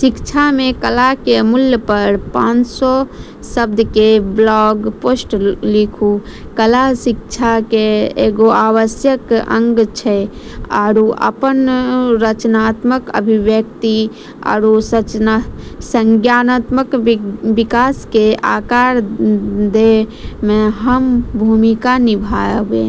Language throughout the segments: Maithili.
शिक्षा मे कला के मूल्य पर पानसौ शब्द के ब्लॉग पोस्ट लिखू, कला शिक्षा केरऽ एगो आवश्यक अंग छै आरू अपनऽ रचनात्मक अभिव्यक्ति आरू संज्ञानात्मक विकास के आकार दै मे अहम भूमिका निभाबै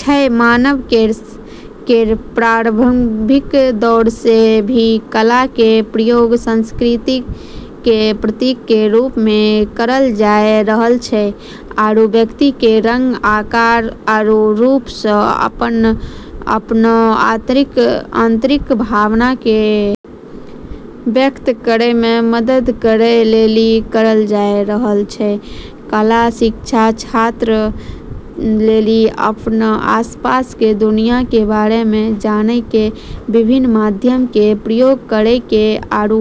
छै, मानव सभ्यता केरऽ प्रारंभिक दौर से ही कला के प्रयोग संस्कृति के प्रतीक के रूप मे करलऽ जाय रहलऽ छै आरू व्यक्ति के रंग, आकार आरू रूप से अपनऽ आंतरिक भावना के व्यक्त करै मे मदद करै लेली करलऽ जाय रहलऽ छै, कला शिक्षा छात्रऽ लेली अपनऽ आसपास के दुनिया के बारे मे जानय के विभिन्न माध्यमऽ के प्रयोग करै के आरू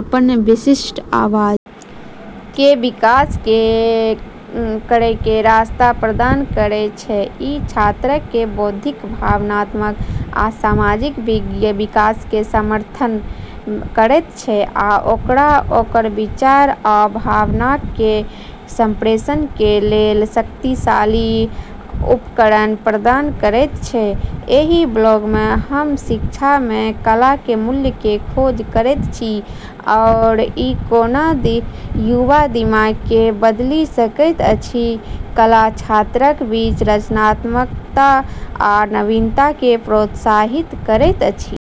अपनऽ विशिष्ट आवाज के विकास करै के रास्ता प्रदान करै छै, इ छात्रक कें बौद्धिक, भावनात्मक आ सामाजिक विकास कें समर्थन करयत छै आ ओकरा ओकर विचार आ भावनाक कें संप्रेषण कें लेल शक्तिशाली उपकरण प्रदान करयत छै, एहि ब्लॉग मे हम शिक्षा मे कला के मूल्य के खोज करैत छी आओर ई कोना युवा दिमाग के बदलि सकैत अछि, कला छात्रक बीच रचनात्मकता आ नवीनता के प्रोत्साहित करैत अछि।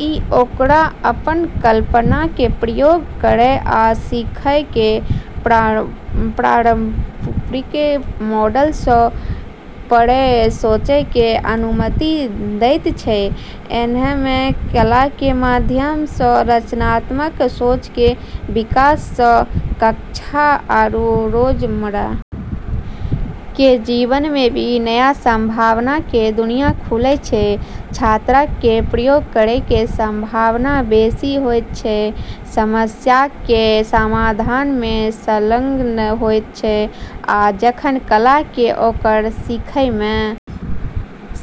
इ ओकरा अपन कल्पना कें प्रयोग करय आ सीखय कें पारंपरिक मॉडल सं परे सोचय कें अनुमति देयत छै, ऐन्हऽ मे कला के माध्यम से रचनात्मक सोच के विकास से कक्षा आरू रोजमर्रा के जीवन मे भी नया संभावना के दुनिया खुले छै, छात्रक कें प्रयोग करय कें संभावना बेसि होयत छै, समस्याक कें समाधान मे संलग्न होयत छै आ जखन कला कें ओकर सीखय मे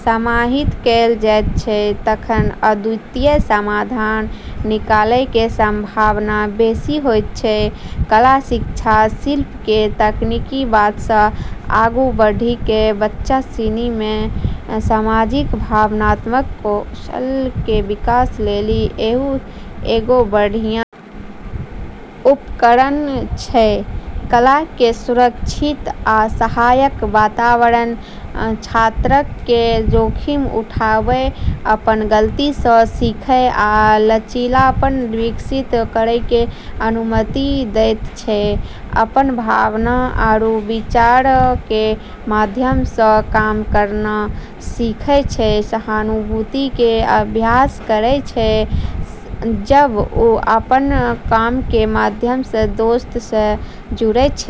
समाहित कैल जायत छै तखन अद्वितीय समाधान निकालय कें संभावना बेसि होयत छै, कला शिक्षा शिल्प के तकनीकी बात से आगू बढ़ी के बच्चा सिनी मे सामाजिक-भावनात्मक कौशल के विकास लेली एगो बढ़िया उपकरण छै, कला कक्षा कें सुरक्षित आ सहायक वातावरण छात्रक कें जोखिम उठावय, अपन गलती सं सीखय आ लचीलापन विकसित करय कें अनुमति देयत छै, अपनऽ भावना आरू विचारऽ के माध्यम से काम करना सीखै छै, सहानुभूति के अभ्यास करै छै जब उ अपनऽ काम के माध्यम से दोसरऽ से जुड़ै छै।